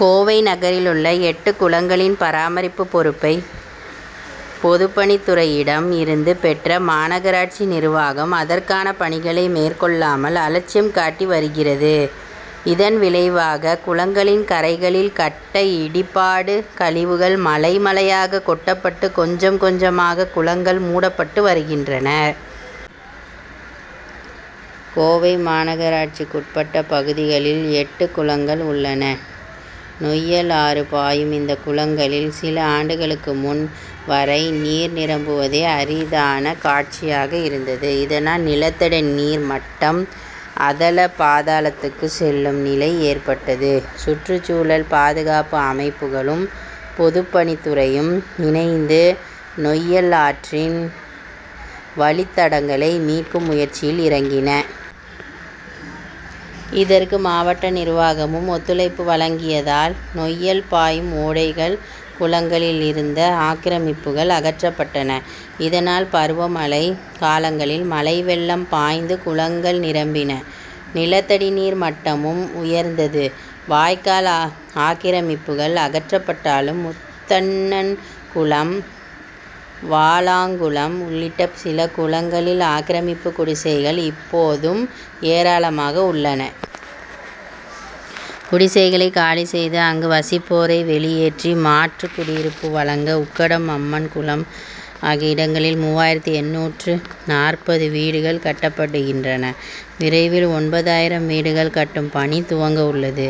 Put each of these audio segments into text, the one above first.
கோவை நகரிலுள்ள எட்டு குளங்களின் பராமரிப்பு பொறுப்பை பொதுப்பணித்துறையிடம் இருந்து பெற்ற மாநகராட்சி நிர்வாகம், அதற் கான பணிகளை மேற்கொள்ளாமல் அலட்சியம் காட்டி வருகிறது. இதன் விளைவாக, குளங்களின் கரைகளில் கட்டட இடிபாடு கழிவுகள் மலை, மலையாக கொட்டப்பட்டு கொஞ்சம், கொஞ்சமாக குளங்கள் மூடப்பட்டு வருகின்றன. கோவை மாநகராட்சிக்குட்பட்ட பகுதிகளில் எட்டு குளங்கள் உள்ளன. நொய்யல் ஆறு பாயும் இந்த குளங்களில், சில ஆண்டுகளுக்கு முன் வரை நீர் நிரம்புவதே அரிதான காட்சியாக இருந்தது. இதனால், நிலத்தடி நீர் மட்டம் அதல பாதாளத்துக்கு செல்லும் நிலை ஏற்பட்டது. சுற்றுச்சூழல் பாதுகாப்பு அமைப்புகளும், பொதுப்பணித்துறையும் இணைந்து நொய்யல் ஆற்றின் வழித்தடங்களை மீட்கும் முயற்சியில் இறங்கின. இதற்கு, மாவட்ட நிர்வாகமும் ஒத்துழைப்பு வழங்கியதால் நொய்யல் பாயும் ஓடைகள், குளங்களில் இருந்த ஆக்கிரமிப்புகள் அகற்றப்பட்டன. இதனால், பருவமழை காலங்களில் மழைவெள்ளம் பாய்ந்து குளங்கள் நிரம்பின. நிலத்தடி நீர் மட்டமும் உயர்ந்தது. வாய்க்கால் ஆக்கிரமிப்புகள் அகற்றப்பட்டாலும் முத்தண்ணன்குளம், வாலாங்குளம் உள்ளிட்ட சில குளங்களில் ஆக்கிரமிப்பு குடிசைகள் இப்போதும் ஏராளமாக உள்ளன. குடிசைகளை காலி செய்து, அங்கு வசிப்போரை வெளியேற்றி மாற்று குடியிருப்பு வழங்க உக்கடம், அம்மன் குளம் ஆகிய இடங்களில் மூவாயிரத்து எண்ணூற்று நாற்பது வீடுகள் கட்டப்படுகின்றன. விரைவில் ஒன்பதாயிரம் வீடுகள் கட்டும் பணி துவங்கவுள்ளது.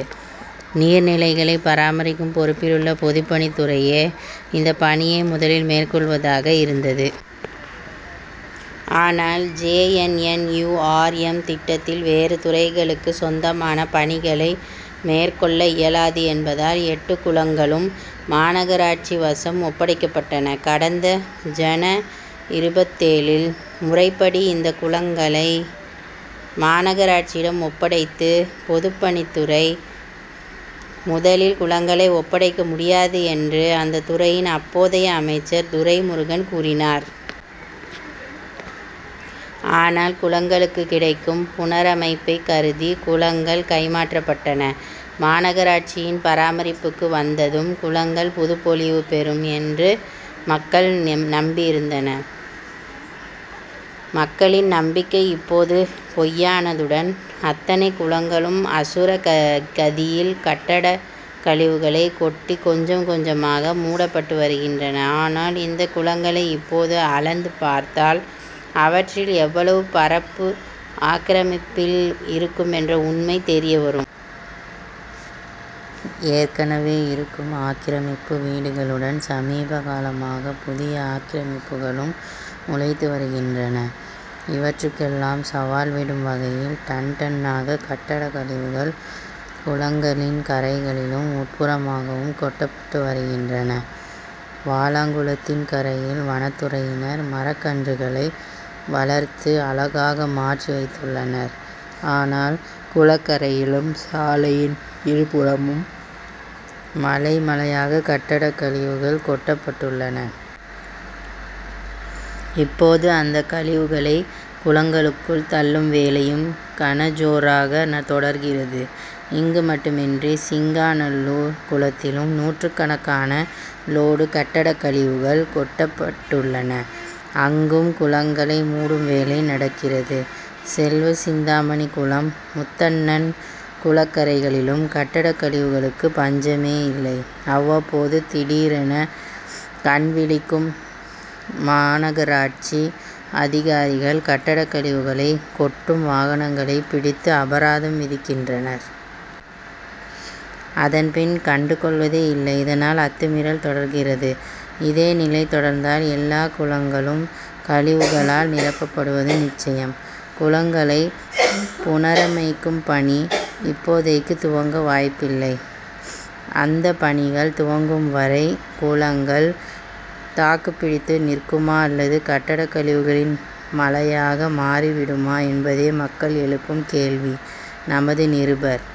நீர்நிலைகளை பராமரிக்கும் பொறுப்பிலுள்ள பொதுப்பணித்துறையே, இந்த பணியை முதலில் மேற்கொள்வதாக இருந்தது. ஆனால், J. N. N. U. R. M., திட்டத்தில் வேறு துறைகளுக்கு சொந்தமான பணிகளை மேற்கொள்ள இயலாது என்பதால், எட்டு குளங்களும் மாநகராட்சி வசம் ஒப்படைக்கப்பட்டன. கடந்த ஜன.,இருபத்தேழில் முறைப்படி இந்த குளங்களை மாநகராட்சியிடம் ஒப்படைத்தது பொதுப்பணித்துறை. முதலில் குளங்களை ஒப்படைக்க முடியாது என்று அந்த துறையின் அப்போதைய அமைச்சர் துரைமுருகன் கூறினார். ஆனால், குளங்களுக்குக் கிடைக்கும் புனரமைப்பை கருதி, குளங்கள் கைமாற்றப்பட்டன. மாநகராட்சியின் பராமரிப்புக்கு வந்ததும், குளங்கள் புதுப்பொலிவு பெறும் என்று மக்கள் நம்பியிருந்தனர். மக்களின் நம்பிக்கை இப்போது பொய்யானதுடன், அத்தனை குளங்களும் அசுர கதியில் கட்டடக் கழிவுகளை கொட்டி கொஞ்சம், கொஞ்சமாக மூடப்பட்டு வருகின்றன. ஆனால், இந்த குளங்களை இப்போது அளந்து பார்த்தால், அவற்றில் எவ்வளவு பரப்பு ஆக்கிரமிப்பில் இருக்குமென்ற உண்மை தெரியவரும். ஏற்கனவே, இருக்கும் ஆக்கிரமிப்பு வீடுகளுடன் சமீபகாலமாக புதிய ஆக்கிரமிப்புகளும் முளைத்து வருகின்றன. இவற்றுக்கெல்லாம் சவால் விடும் வகையில் "டன், டன்'னாக கட்டட கழிவுகள் குளங்களின் கரைகளிலும், உட்புறமாகவும் கொட்டப்பட்டு வருகின்றன. வாலாங்குளத்தின் கரையில் வனத்துறையினர் மரக்கன்றுகளை வளர்த்து அழகாக மாற்றி வைத்துள்ளனர். ஆனால், குளக்கரையிலும், சாலையின் இரு புறமும் மலை, மலையாக கட்டடக் கழிவுகள் கொட்டப்பட்டுள்ளன. இப்போது, அந்த கழிவுகளை குளங்களுக்குள் தள்ளும் வேலையும் கனஜோராக தொடர்கிறது. இங்கு மட்டுமின்றி, சிங்காநல்லூர் குளத்திலும் நூற்றுக்கணக்கான லோடு கட்டடக் கழிவுகள் கொட்டப்பட்டுள்ளன. அங்கும், குளங்களை மூடும் வேலை நடக்கிறது. செல்வசிந்தாமணி குளம், முத்தண்ணன் குளக்கரைகளிலும் கட்டடக் கழிவுகளுக்கு பஞ்சமேயில்லை. அவ்வப்போது, திடீரென கண் விழிக்கும் மாநகராட்சி அதிகாரிகள், கட்டடக் கழிவுகளை கொட்டும் வாகனங்களை பிடித்து அபராதம் விதிக்கின்றனர். அதன்பின், கண்டுகொள்வதே இல்லை. இதனால், அத்துமீறல் தொடர்கிறது. இதே நிலை தொடர்ந்தால், எல்லா குளங்களும் கழிவுகளால் நிரப்பப்படுவது நிச்சயம். குளங்களைப் புனரமைக்கும் பணி, இப்போதைக்கு துவங்க வாய்ப்பில்லை. அந்த பணிகள் துவங்கும் வரை குளங்கள் தாக்குப்பிடித்து நிற்குமா அல்லது கட்டட கழிவுகளின் மலையாக மாறிவிடுமா என்பதே மக்கள் எழுப்பும் கேள்வி. நமது நிருபர்